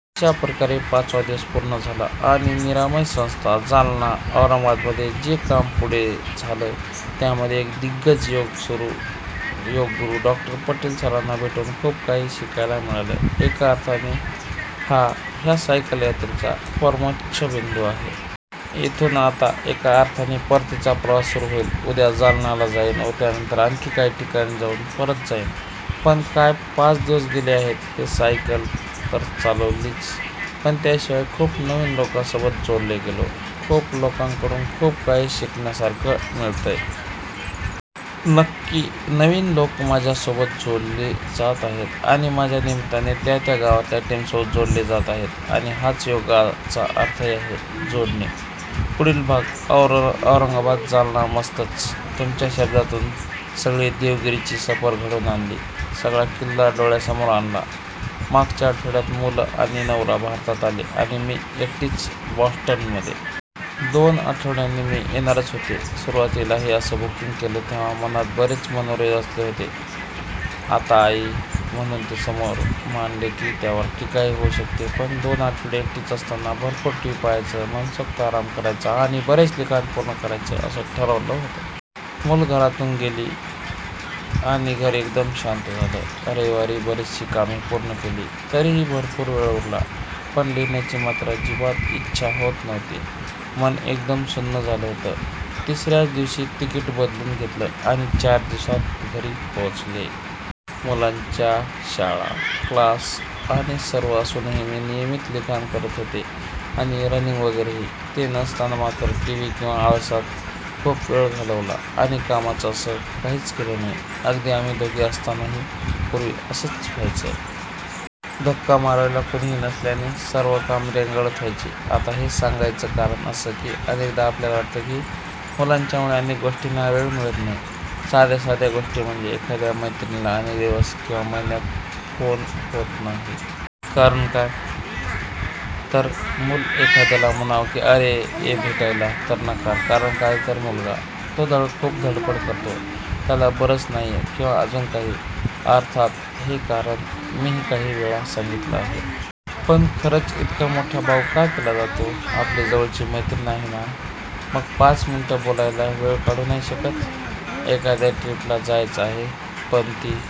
अशा प्रकारे पाचवा दिवस पूर्ण झाला आणि निरामय संस्था व जालना- औरंगाबादमध्ये जे काम पुढे झालं, त्यातले एक दिग्गज योग गुरू डॉ. पटेल सरांना भेटून खूप काही शिकायला मिळालं. एका अर्थाने हा ह्या सायकल यात्रेचा परमोच्च बिंदू आहे. इथून आता एका अर्थाने परतीचा प्रवास सुरू होईल. उद्या जालनाला जाईन व त्यानंतर आणखी काही ठिकाणी जाऊन परत जाईन. पण काय पाच दिवस गेले आहेत हे! सायकल तर चालवलीच, पण त्याशिवाय खूप नवीन लोकांसोबत जोडला गेलो; खूप लोकांकडून खूप काही शिकण्यासारखं मिळतंय. नवीन लोक माझ्यासोबत जोडले जात आहेत आणि माझ्या निमित्ताने त्या त्या गावातल्या टीमसोबत जोडले जात आहेत! आणि हाच योगाचा अर्थही आहे- जोडणे! पुढील भाग: औरंगाबाद- जालनामस्तच! तुमच्या शब्दातून सगळी देविगिरी ची सफर घडवून आणली सगळा किल्ला डोळ्यासमोर आणला मागच्या आठवड्यात मुलं आणि नवरा भारतात आले आणि मी एकटीच बॉस्टनमध्ये. दोन आठवड्यानी मी येणारच होते. सुरुवातीला हे असं बुकींग केलं तेंव्हा मनात बरेच मनोरे रचले होते. आता 'आई' म्हणून ते समोर मांडले की त्यावर टीकाही होऊ शकते पण दोन आठवडे एकटीच असताना भरपूर टीव्ही पाहायचा, मनोसक्त आराम करायचा आणि बरेच लिखाण पूर्ण करायचे असं ठरवलं होतं. मुलं घरातून गेली आणि घर एकदम शांत झालं. रविवारी बरीचशी कामे पूर्ण केली. तरीही भरपूर वेळ उरला. पण लिहिण्याची मात्र अजिबात इच्छा होत नव्हती. मन एकदम सुन्न झालं होतं. तिसऱ्याच दिवशी तिकीट बदलून घेतलं आणि चार दिवसांत घरी पोचले. मुलांच्या शाळा, क्लास आणि सर्व असूनही मी नियमित लिखाण करत होते आणि रनिंग वगैरेही. ते नसताना मात्र टीव्ही किंवा आळसात खूप वेळ घालवला आणि कामाचं असं काहीच केलं नाही. अगदी आम्ही दोघे असतानाही पूर्वी असंच व्हायचं. धक्का मारायला कुणीही नसल्याने सर्व कामं रेंगाळत व्हायची. आता हे सांगायचं कारण असं की अनेकदा आपल्याला वाटतं की मुलांच्या मुळे अनेक गोष्टींना वेळ मिळत नाही. साध्या साध्या गोष्टी म्हणजे, एखाद्या मैत्रिणीला अनेक दिवस किंवा महिन्यांत फोन होत नाही. कारण काय? तर मुलं! एखाद्याला म्हणावं की 'अरे ये भेटायला' तर नकार, कारण काय तर, मुलगा. तो खूप धडपड करतो, त्याला बरंच नाहीये किंवा अजून काही. अर्थात हे कारण मीही काही वेळा सांगितलं आहे. पण खरंच इतका मोठा बाऊ का केला जातो? आपली जवळची मैत्रीण आहे ना? मग पाच मिनिट बोलायला वेळ काढू नाही शकत? एखाद्या ट्रिप ला जायचं आहे. पण ती